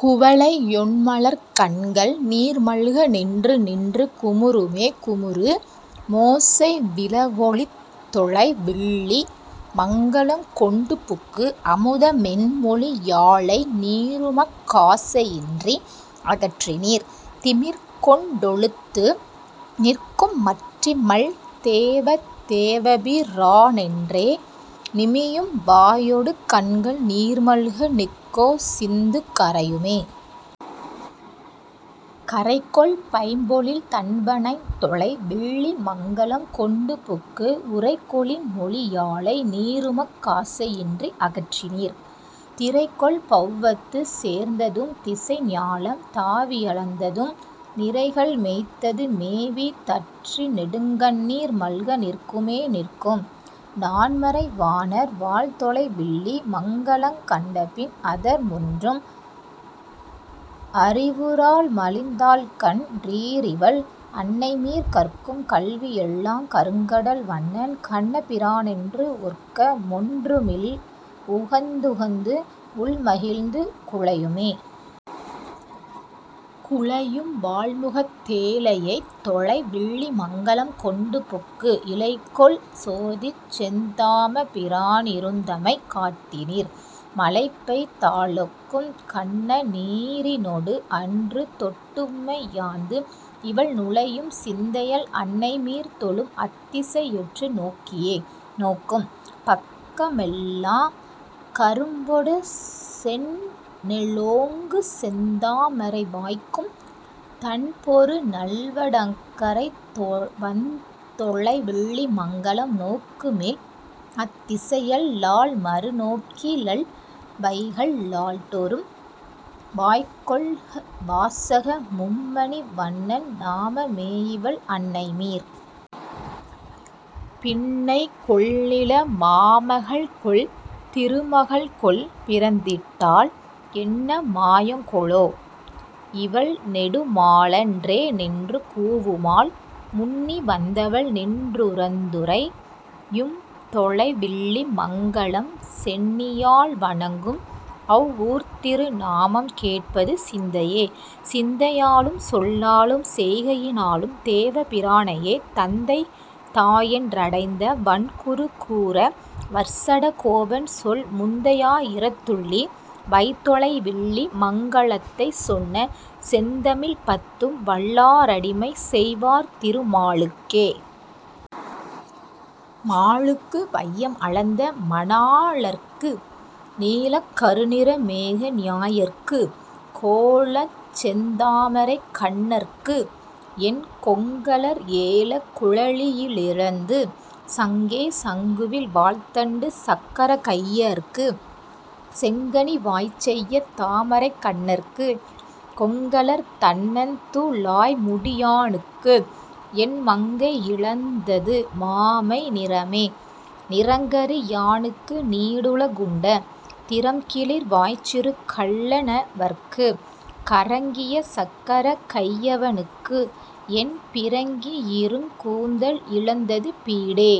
குவளை யொண்மலர்க் கண்கள் நீர்மல்க நின்று நின்று குமுறுமே.. குமுறு மோசை விழவொ லித்தொலை வில்லி மங்கலம் கொண்டுபுக்கு, அமுத மென்மொழி யாளை நீருமக் காசை யின்றி அகற்றினீர், திமிர்க்கொண் டாலொத்து நிற்கும் மற்றிவள் தேவ தேவபி ரானென்றே, நிமியும் வாயொடு கண்கள் நீர்மல்க நெக்கொ சிந்து கரையுமே.. கரைகொள் பைம்பொழில் தண்ப ணைத்தொலை வில்லி மங்கலம் கொண்டுபுக்கு, உரைகொ ளின்மொழி யாளை நீருமக் காசை யின்றி அகற்றினீர், திரைகொள் பௌவத்து சேர்ந்த தும்திசை ஞாலம் தாவி யளந்ததும், நிரைகள் மேய்த்தது மேபி தற்றி நெடுங்கண் ணீர்மல்க நிற்குமே.. நிற்கும் நான்மறை வாணர் வாழ்தொலை வில்லி மங்கலங் கண்டபின், அற்க மொன்றும் அறிவு றாள்மலிந் தாள்கண் டீரிவள் அன்னைமீர், கற்கும் கல்வியெல் லாம்க ருங்கடல் வண்ணன் கண்ணபி ரானென்றே, ஒற்க மொன்றுமி லள்உகந்துகந்து உள்மகிழ்ந்து குழையுமே.. குழையும் வாள்முகத் தேழை யைத்தொலை வில்லி மங்கலம் கொண்டுபுக்கு, இழைகொள் சோதிச்செந் தாம பிரானி ருந்தமை காட்டினீர், மழைபெய் தாலொக்கும் கண்ண நீரினொடு அன்று தொட்டும்மை யாந்து, இவள் நுழையும் சிந்தையள் அன்னை மீர். தொழும் அத்தி சையுற்று நோக்கியே.. நோக்கும் பக்கமெல் லாம்க ரும்பொடு செந்நெ லோங்குசெந் தாமரை, வாய்க்கும் தண்பொரு நல்வ டகரை வந்தொ லைவில்லி மங்கலம், நோக்கு மேல்அ த் திசையல் லால்மறு நோக்கி லள்வைகல் நாள்டொறும், வாய்க்கொள் வாசக மும்ம ணிவண்ணன் நாம மேயிவள் அன்னைமீர்.. பின்னை கொல்நில மாம கள்கொல்? திரும கள்கொல்? பிறந்திட்டாள், என்ன மாயங்கொ லோ? இ வள்நெடு மாலென் றேநின்று கூவுமால், முன்னி வந்தவன் நின்றி ருந்துறை யும்தொ லைவில்லி மங்கலம் சென்னி யால்வணங் கும்அ வ் வூர்த்திரு நாமம் கேட்பது சிந்தையே. சிந்தை யாலும்சொல் லாலும் செய்கையினாலும் தேவ பிரானையே, தந்தை தாயென் றடைந்த வண்குரு கூர வர்சட கோபன்சொல், முந்தை யாயிரத் துள்ளி வைதொலை வில்லி மங்கலத் தைச்சொன்ன, செந்தமிழ்பத்தும் வல்லாரடிமை செய் வார்திரு மாலுக்கே. மாலுக்கு வையம் அளந்த மணாளற்கு, நீலக் கருநிற மேக நியாயற்கு, கோலச்செந் தாமரைக் கண்ணற்கு, என் கொங்கலர் ஏலக் குழலி யிழந்தது சங்கே.. சங்குவில் வாள்தண்டு சக்கரக் கையற்கு, செங்கனி வாய்ச்செய்ய தாமரை கண்ணற்கு, கொங்கலர் தண்ணந் துழாய்முடி யானுக்கு, என் மங்கை யிழந்தது மாமை நிறமே.. நிறங்கரி யானுக்கு நீடுல குண்ட, திறம்கிளர் வாய்ச்சிறு கள்ள னவற்கு, கறங்கிய சக்கரக் கையவ னுக்கு, என் பிறங்கிருங் கூந்தல் இழந்தது பீடே..